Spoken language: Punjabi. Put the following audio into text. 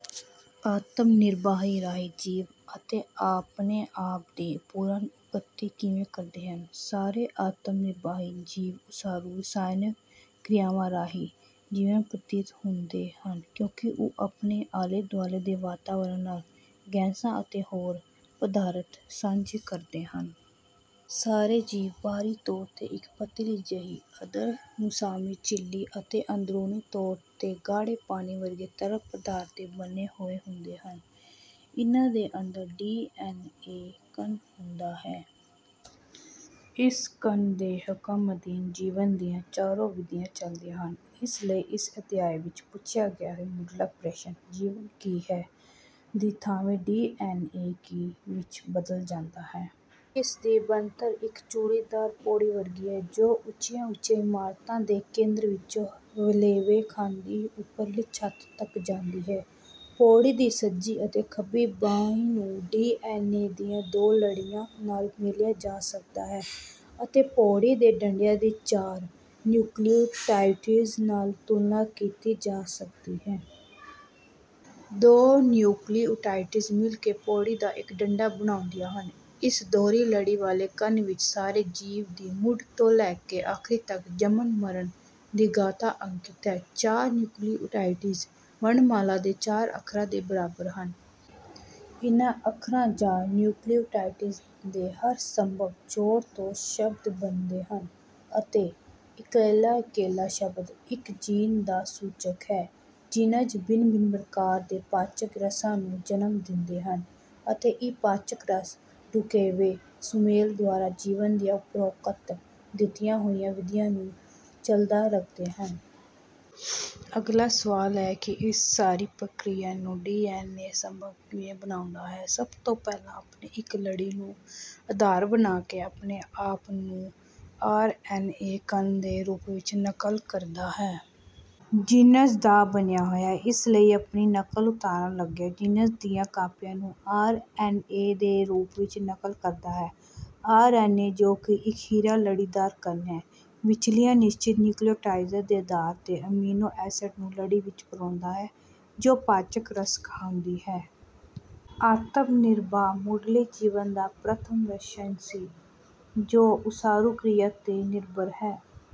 ਆਤਮ ਨਿਰਬਾਹ ਰਾਹੀਂ ਜੀਵ ਅਤੇ ਆਪਣੇ ਆਪ ਦੀ ਪੁਨਰ-ਉਕਤੀ ਕਿਵੇਂ ਕਰਦੇ ਹਨ? ਸਾਰੇ ਆਤਮ ਨਿਰਬਾਹੀ ਜੀਵ ਉਸਾਰੂ ਰਸਾਇਣਕ ਕਿਰਿਆਵਾਂ ਰਾਹੀਂ ਜੀਵਤ ਪ੍ਰਤੀਤ ਹੁੰਦੇ ਹਨ ਕਿਉਂਕਿ ਉਹ ਆਪਣੇ ਆਲੇ-ਦੁਆਲੇ ਦੇ ਵਾਤਾਵਰਣ ਨਾਲ ਗੈਸਾਂ ਅਤੇ ਹੋਰ ਪਦਾਰਥ ਸਾਂਝੇ ਕਰਦੇ ਹਨ। ਸਾਰੇ ਜੀਵ ਬਾਹਰੀ ਤੌਰ 'ਤੇ ਇੱਕ ਪਤਲੀ ਜਿਹੀ ਅਰਧਮੁਸਾਮੀ ਝਿੱਲੀ ਅਤੇ ਅੰਦਰੂਨੀ ਤੌਰ 'ਤੇ ਗਾੜ੍ਹੇ ਪਾਣੀ ਵਰਗੇ ਤਰਲ ਪਦਾਰਥ ਦੇ ਬਣੇ ਹੋਏ ਹੁੰਦੇ ਹਨ। ਇਹਨਾਂ ਦੇ ਅੰਦਰ ਡੀ. ਐੱਨ. ਏ ਕਣ ਹੁੰਦਾ ਹੈ। ਇਸ ਕਣ ਦੇ ਹੁਕਮ ਅਧੀਨ ਜੀਵਨ ਦੀਆਂ ਚਾਰੋਂ ਵਿਧੀਆਂ ਚੱਲਦੀਆਂ ਹਨ। ਇਸ ਲਈ ਇਸ ਅਧਿਆਇ ਵਿੱਚ ਪੁੱਛਿਆ ਗਿਆ ਮੁੱਢਲਾ ਪ੍ਰਸ਼ਨ, 'ਜੀਵਨ ਕੀ ਹੈ? ਦੀ ਥਾਵੇਂ ਡੀ. ਐੱਨ. ਏ ਕੀ ਹੈ? ' ਵਿੱਚ ਬਦਲ ਜਾਂਦਾ ਹੈ। ਜਿਸ ਦੀ ਬਣਤਰ ਇੱਕ ਚੂੜੀਦਾਰ ਪੌੜੀ ਵਰਗੀ ਹੈ ਜੋ ਉੱਚੀਆਂ-ਉੱਚੀਆਂ ਇਮਾਰਤਾਂ ਦੇ ਕੇਂਦਰ ਵਿੱਚੋਂ ਵਲੇਵੇਂ ਖਾਂਦੀ ਉੱਪਰਲੀ ਛੱਤ ਤੱਕ ਜਾਂਦੀ ਹੈ। ਪੌੜੀ ਦੀ ਸੱਜੀ ਅਤੇ ਖੱਬੀ ਬਾਹੀ ਨੂੰ ਡੀ. ਐੱਨ. ਏ ਦੀਆਂ ਦੋ ਲੜੀਆਂ ਨਾਲ ਮੇਲਿਆ ਜਾ ਸਕਦਾ ਹੈ ਅਤੇ ਪੌੜੀ ਦੇ ਡੰਡਿਆਂ ਦੀ ਚਾਰ ਨਿਯੂਕਲਿਉਟਾਈਡਜ਼ ਨਾਲ ਤੁਲਨਾ ਕੀਤੀ ਜਾ ਸਕਦੀ ਹੈ। ਦੋ ਨਿਯੂਕਲਿਉਟਾਈਡਜ਼ ਮਿਲ ਕੇ ਪੌੜੀ ਦਾ ਇੱਕ ਡੰਡਾ ਬਣਾਉਂਦੀਆਂ ਹਨ। ਇਸ ਦੋਹਰੀ ਲੜੀ ਵਾਲੇ ਕਣ ਵਿੱਚ ਸਾਰੇ ਜੀਵਾਂ ਦੀ, ਮੁੱਢ ਤੋਂ ਲੈ ਕੇ ਅਖੀਰ ਤੱਕ ਜੰਮਣਮਰਨ ਦੀ ਗਾਥਾ ਅੰਕਿਤ ਹੈ। ਚਾਰ ਨਿਯੂਕਲਿਉਟਾਈਡਜ਼ ਵਰਣਮਾਲਾ ਦੇ ਚਾਰ ਅੱਖਰਾਂ ਦੇ ਬਰਾਬਰ ਹਨ। ਇਹਨਾਂ ਅੱਖਰਾਂ ਜਾਂ ਨਿਯੂਕਲਿਉਟਾਈਡਜ਼ ਦੇ ਹਰ ਸੰਭਵ ਜੋੜ ਤੋਂ ਸ਼ਬਦ ਬਣੇ ਹਨ ਅਤੇ ਇਕੱਲਾ-ਇਕੱਲਾ ਸ਼ਬਦ ਇੱਕ ਜੀਨ ਦਾ ਸੂਚਕ ਹੈ। ਜੀਨਜ਼ ਭਿੰਨ-ਭਿੰਨ ਪ੍ਰਕਾਰ ਦੇ ਪਾਚਕ ਰਸਾਂ ਨੂੰ ਜਨਮ ਦਿੰਦੇ ਹਨ ਅਤੇ ਇਹ ਪਾਚਕ ਰਸ ਢੁੱਕਵੇਂ ਸੁਮੇਲ ਦੁਆਰਾ ਜੀਵਨ ਦੀਆਂ ਉਪਰੋਕਤ ਦਿੱਤੀਆਂ ਹੋਈਆਂ ਵਿਧੀਆਂ ਨੂੰ ਚੱਲਦਾ ਰੱਖਦੇ ਹਨ। ਅਗਲਾ ਸਵਾਲ ਹੈ ਕਿ ਇਸ ਸਾਰੀ ਪ੍ਰਕਿਰਿਆ ਨੂੰ ਡੀ. ਐੱਨ. ਏ ਸੰਭਵ ਕਿਵੇ ਬਣਾਉਂਦਾ ਹੈ? ਸਭ ਤੋਂ ਪਹਿਲਾਂ ਆਪਣੀ ਇੱਕ ਲੜੀ ਨੂੰ ਆਧਾਰ ਬਣਾ ਕੇ ਆਪਣੇ ਆਪ ਨੂੰ ਆਰ. ਐੱਨ. ਏ ਕਣ ਦੇ ਰੂਪ ਵਿੱਚ ਨਕਲ ਕਰਦਾ ਹੈ। ਜੀਨਜ਼ ਦਾ ਬਣਿਆ ਹੋਇਆ ਹੈ ਇਸ ਲਈ ਆਪਣੀ ਨਕਲ ਉਤਾਰਨ ਲੱਗਿਆਂ ਜੀਨਜ਼ ਦੀਆਂ ਕਾਪੀਆਂ ਨੂੰ ਆਰ. ਐੱਨ. ਏ ਦੇ ਰੂਪ ਵਿੱਚ ਨਕਲ ਕਰਦਾ ਹੈ। ਆਰ. ਐੱਨ. ਏ., ਜੋ ਇਕਹਿਰਾ ਲੜੀਦਾਰ ਕਣ ਹੈ, ਵਿਚਲੀਆਂ ਨਿਸ਼ਚਿਤ ਨਿਯੂਕਲਿਉਟਾਈਡਰਜ਼ ਦੇ ਆਧਾਰ 'ਤੇ ਅਮੀਨੋ ਏਸਡਜ਼ ਨੂੰ ਲੜੀ ਵਿੱਚ ਪਰੋਂਦਾ ਹੈ ਜੋ ਪਾਚਕ-ਰਸ ਕਹਾਉਂਦੀ ਹੈ। ਆਤਮ ਨਿਰਬਾਹ ਮੁੱਢਲੇ ਜੀਵਨ ਦਾ ਪ੍ਰਥਮ ਲੱਛਣ ਸੀ ਜੋ ਉਸਾਰੂ ਕਿਰਿਆ 'ਤੇ ਨਿਰਭਰ ਹੈ।